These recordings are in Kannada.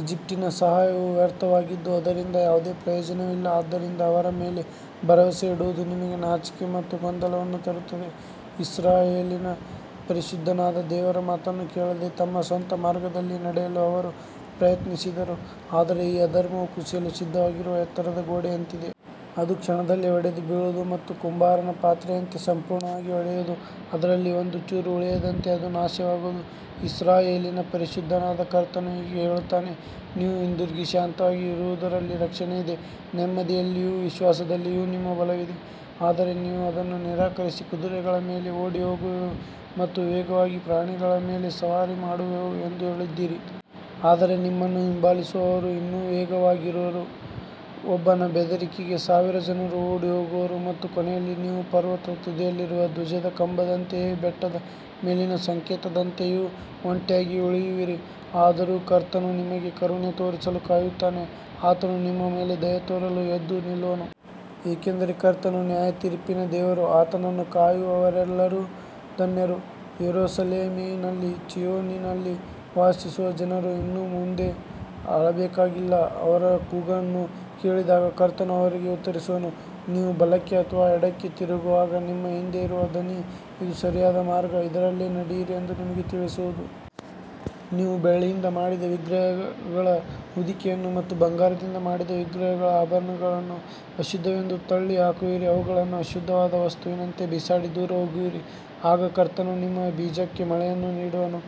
ಈಜಿಪ್ಟಿನ ಸಹಾಯವು ವ್ಯರ್ಥವಾಗಿದ್ದು ಅದರಿಂದ ಯಾವುದೇ ಪ್ರಯೋಜನವಿಲ್ಲ. ಆದ್ದರಿಂದ ಅವರ ಮೇಲೆ ಭರವಸೆ ಇಡುವುದು ನಿಮಗೆ ನಾಚಿಕೆ ಮತ್ತು ಗೊಂದಲವನ್ನು ತರುತ್ತದೆ. ಇಸ್ರಾಯೇಲಿನ ಪರಿಶುದ್ಧನಾದ ದೇವರ ಮಾತನ್ನು ಕೇಳದೆ ತಮ್ಮ ಸ್ವಂತ ಮಾರ್ಗದಲ್ಲಿ ನಡೆಯಲು ಅವರು ಪ್ರಯತ್ನಿಸಿದರು. ಆದರೆ ಈ ಅಧರ್ಮವು ಕುಸಿಯಲು ಸಿದ್ಧವಾಗಿರುವ ಎತ್ತರದ ಗೋಡೆಯಂತಿದೆ. ಅದು ಕ್ಷಣದಲ್ಲೇ ಒಡೆದು ಬೀಳುವುದು ಮತ್ತು ಕುಂಬಾರನ ಪಾತ್ರೆಯಂತೆ ಸಂಪೂರ್ಣವಾಗಿ ಒಡೆಯುವುದು. ಅದರಲ್ಲಿ ಒಂದು ಚೂರೂ ಉಳಿಯದಂತೆ ಅದು ನಾಶವಾಗುವುದು. ಇಸ್ರಾಯೇಲಿನ ಪರಿಶುದ್ಧನಾದ ಕರ್ತನು ಹೀಗೆ ಹೇಳುತ್ತಾನೆ. ನೀವು ಹಿಂದಿರುಗಿ ಶಾಂತವಾಗಿ ಇರುವುದರಲ್ಲಿ ರಕ್ಷಣೆ ಇದೆ. ನೆಮ್ಮದಿಯಲ್ಲಿಯೂ ವಿಶ್ವಾಸದಲ್ಲಿಯೂ ನಿಮ್ಮ ಬಲವಿದೆ. ಆದರೆ ನೀವು ಅದನ್ನು ನಿರಾಕರಿಸಿ ಕುದುರೆಗಳ ಮೇಲೆ ಓಡಿಹೋಗುವೆವು ಮತ್ತು ವೇಗವಾದ ಪ್ರಾಣಿಗಳ ಮೇಲೆ ಸವಾರಿ ಮಾಡುವೆವು ಎಂದು ಹೇಳಿದ್ದೀರಿ. ಆದರೆ ನಿಮ್ಮನ್ನು ಹಿಂಬಾಲಿಸುವವರು ಇನ್ನೂ ವೇಗವಾಗಿರುವರು. ಒಬ್ಬನ ಬೆದರಿಕೆಗೆ ಸಾವಿರ ಜನರು ಓಡಿಹೋಗುವರು ಮತ್ತು ಕೊನೆಯಲ್ಲಿ ನೀವು ಪರ್ವತದ ತುದಿಯಲ್ಲಿರುವ ಧ್ವಜದ ಕಂಬದಂತೆಯೂ ಬೆಟ್ಟದ ಮೇಲಿನ ಸಂಕೇತದಂತೆಯೂ ಒಂಟಿಯಾಗಿ ಉಳಿಯುವಿರಿ. ಆದರೂ ಕರ್ತನು ನಿಮಗೆ ಕರುಣೆ ತೋರಿಸಲು ಕಾಯುತ್ತಾನೆ. ಆತನು ನಿಮ್ಮ ಮೇಲೆ ದಯೆ ತೋರಿಸಲು ಎದ್ದು ನಿಲ್ಲುವನು. ಏಕೆಂದರೆ ಕರ್ತನು ನ್ಯಾಯತೀರ್ಪಿನ ದೇವರು. ಆತನನ್ನು ಕಾಯುವವರೆಲ್ಲರೂ ಧನ್ಯರು. ಯೆರೂಸಲೇಮಿನಲ್ಲಿ ಚೀಯೋನಿನಲ್ಲಿ ವಾಸಿಸುವ ಜನರು ಇನ್ನು ಮುಂದೆ ಅಳಬೇಕಾಗಿಲ್ಲ. ಅವರ ಕೂಗನ್ನು ಕೇಳಿದಾಗ ಕರ್ತನು ಅವರಿಗೆ ಉತ್ತರಿಸುವನು. ನೀವು ಬಲಕ್ಕೆ ಅಥವಾ ಎಡಕ್ಕೆ ತಿರುಗುವಾಗ ನಿಮ್ಮ ಹಿಂದೆ ಇರುವ ಧ್ವನಿ ಇದು ಸರಿಯಾದ ಮಾರ್ಗ, ಇದರಲ್ಲೇ ನಡೆಯಿರಿ ಎಂದು ನಿಮಗೆ ತಿಳಿಸುವುದು. ನೀವು ಬೆಳ್ಳಿಯಿಂದ ಮಾಡಿದ ವಿಗ್ರಹಗಳ ಹೊದಿಕೆಯನ್ನು ಮತ್ತು ಬಂಗಾರದಿಂದ ಮಾಡಿದ ವಿಗ್ರಹಗಳ ಆಭರಣಗಳನ್ನು ಅಶುದ್ಧವೆಂದು ತಳ್ಳಿ ಹಾಕುವಿರಿ. ಅವುಗಳನ್ನು ಅಶುದ್ಧವಾದ ವಸ್ತುವಿನಂತೆ ಬಿಸಾಡಿ ದೂರ ಹೋಗುವಿರಿ. ಆಗ ಕರ್ತನು ನಿಮ್ಮ ಬೀಜಕ್ಕೆ ಮಳೆಯನ್ನು ನೀಡುವನು.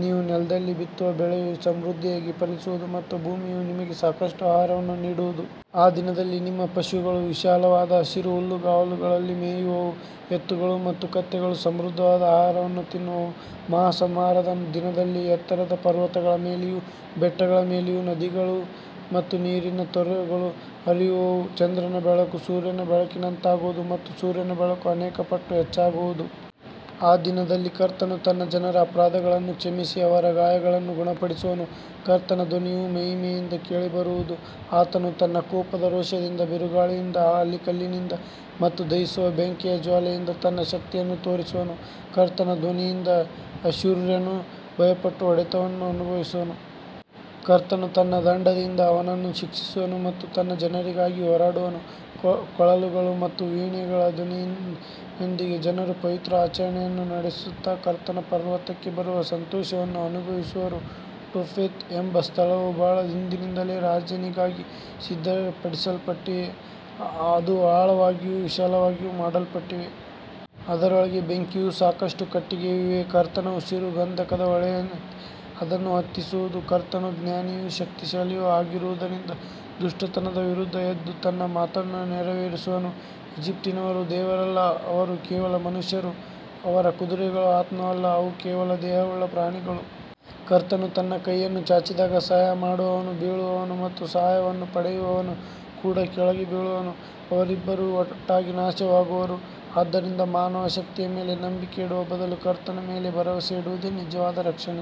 ನೀವು ನೆಲದಲ್ಲಿ ಬಿತ್ತುವ ಬೆಳೆಯು ಸಮೃದ್ಧಿಯಾಗಿ ಫಲಿಸುವುದು ಮತ್ತು ಭೂಮಿಯು ನಿಮಗೆ ಸಾಕಷ್ಟು ಆಹಾರವನ್ನು ನೀಡುವುದು. ಆ ದಿನದಲ್ಲಿ ನಿಮ್ಮ ಪಶುಗಳು ವಿಶಾಲವಾದ ಹಸಿರು ಹುಲ್ಲುಗಾವಲುಗಳಲ್ಲಿ ಮೇಯುವವು. ಎತ್ತುಗಳು ಮತ್ತು ಕತ್ತೆಗಳು ಸಮೃದ್ಧವಾದ ಆಹಾರವನ್ನು ತಿನ್ನುವವು. ಮಹಾ ಸಂಹಾರದ ದಿನದಲ್ಲಿ ಎತ್ತರದ ಪರ್ವತಗಳ ಮೇಲೆಯೂ ಬೆಟ್ಟಗಳ ಮೇಲೆಯೂ ನದಿಗಳು ಮತ್ತು ನೀರಿನ ತೊರೆಗಳು ಹರಿಯುವವು. ಚಂದ್ರನ ಬೆಳಕು ಸೂರ್ಯನ ಬೆಳಕಿನಂತಾಗುವುದು ಮತ್ತು ಸೂರ್ಯನ ಬೆಳಕು ಅನೇಕ ಪಟ್ಟು ಹೆಚ್ಚಾಗುವುದು. ಆ ದಿನದಲ್ಲಿ ಕರ್ತನು ತನ್ನ ಜನರ ಅಪರಾಧಗಳನ್ನು ಕ್ಷಮಿಸಿ ಅವರ ಗಾಯಗಳನ್ನು ಗುಣಪಡಿಸುವನು. ಕರ್ತನ ಧ್ವನಿಯು ಮಹಿಮೆಯಿಂದ ಕೇಳಿಬರುವುದು. ಆತನು ತನ್ನ ಕೋಪದ ರೋಷದಿಂದ, ಬಿರುಗಾಳಿಯಿಂದ, ಆಲಿಕಲ್ಲಿನಿಂದ ಮತ್ತು ದಹಿಸುವ ಬೆಂಕಿಯ ಜ್ವಾಲೆಯಿಂದ ತನ್ನ ಶಕ್ತಿಯನ್ನು ತೋರಿಸುವನು. ಕರ್ತನ ಧ್ವನಿಯಿಂದ ಅಶ್ಶೂರ್ಯನು ಭಯಪಟ್ಟು ಹೊಡೆತವನ್ನು ಅನುಭವಿಸುವನು. ಕರ್ತನು ತನ್ನ ದಂಡದಿಂದ ಅವನನ್ನು ಶಿಕ್ಷಿಸುವನು ಮತ್ತು ತನ್ನ ಜನರಿಗಾಗಿ ಹೋರಾಡುವನು. ಕೊಳಲುಗಳು ಮತ್ತು ವೀಣೆಗಳ ಧ್ವನಿಯೊಂದಿಗೆ ಜನರು ಪವಿತ್ರ ಆಚರಣೆಯನ್ನು ನಡೆಸುತ್ತಾ ಕರ್ತನ ಪರ್ವತಕ್ಕೆ ಬರುವ ಸಂತೋಷವನ್ನು ಅನುಭವಿಸುವರು. ಟೋಫೆತ್ ಎಂಬ ಸ್ಥಳವು ಬಹಳ ಹಿಂದಿನಿಂದಲೇ ರಾಜನಿಗಾಗಿ ಸಿದ್ಧಪಡಿಸಲ್ಪಟ್ಟಿದೆ. ಅದು ಆಳವಾಗಿಯೂ ವಿಶಾಲವಾಗಿಯೂ ಮಾಡಲ್ಪಟ್ಟಿದೆ. ಅದರೊಳಗೆ ಬೆಂಕಿಯೂ ಸಾಕಷ್ಟು ಕಟ್ಟಿಗೆಯೂ ಇವೆ. ಕರ್ತನ ಉಸಿರು ಗಂಧಕದ ಹೊಳೆಯಂತೆ ಅದನ್ನು ಹೊತ್ತಿಸುವುದು. ಕರ್ತನು ಜ್ಞಾನಿಯೂ ಶಕ್ತಿಶಾಲಿಯೂ ಆಗಿರುವುದರಿಂದ ದುಷ್ಟತನದ ವಿರುದ್ಧ ಎದ್ದು ತನ್ನ ಮಾತನ್ನು ನೆರವೇರಿಸುವನು. ಈಜಿಪ್ಟಿನವರು ದೇವರಲ್ಲ, ಅವರು ಕೇವಲ ಮನುಷ್ಯರು. ಅವರ ಕುದುರೆಗಳು ಆತ್ಮವಲ್ಲ, ಅವು ಕೇವಲ ದೇಹವುಳ್ಳ ಪ್ರಾಣಿಗಳು. ಕರ್ತನು ತನ್ನ ಕೈಯನ್ನು ಚಾಚಿದಾಗ ಸಹಾಯ ಮಾಡುವವನು ಬೀಳುವನು ಮತ್ತು ಸಹಾಯವನ್ನು ಪಡೆಯುವವನು ಕೂಡ ಕೆಳಗೆ ಬೀಳುವನು. ಅವರಿಬ್ಬರೂ ಒಟ್ಟಾಗಿ ನಾಶವಾಗುವರು. ಆದ್ದರಿಂದ ಮಾನವ ಶಕ್ತಿಯ ಮೇಲೆ ನಂಬಿಕೆ ಇಡುವ ಬದಲು ಕರ್ತನ ಮೇಲೆ ಭರವಸೆ ಇಡುವುದೇ ನಿಜವಾದ ರಕ್ಷಣೆ.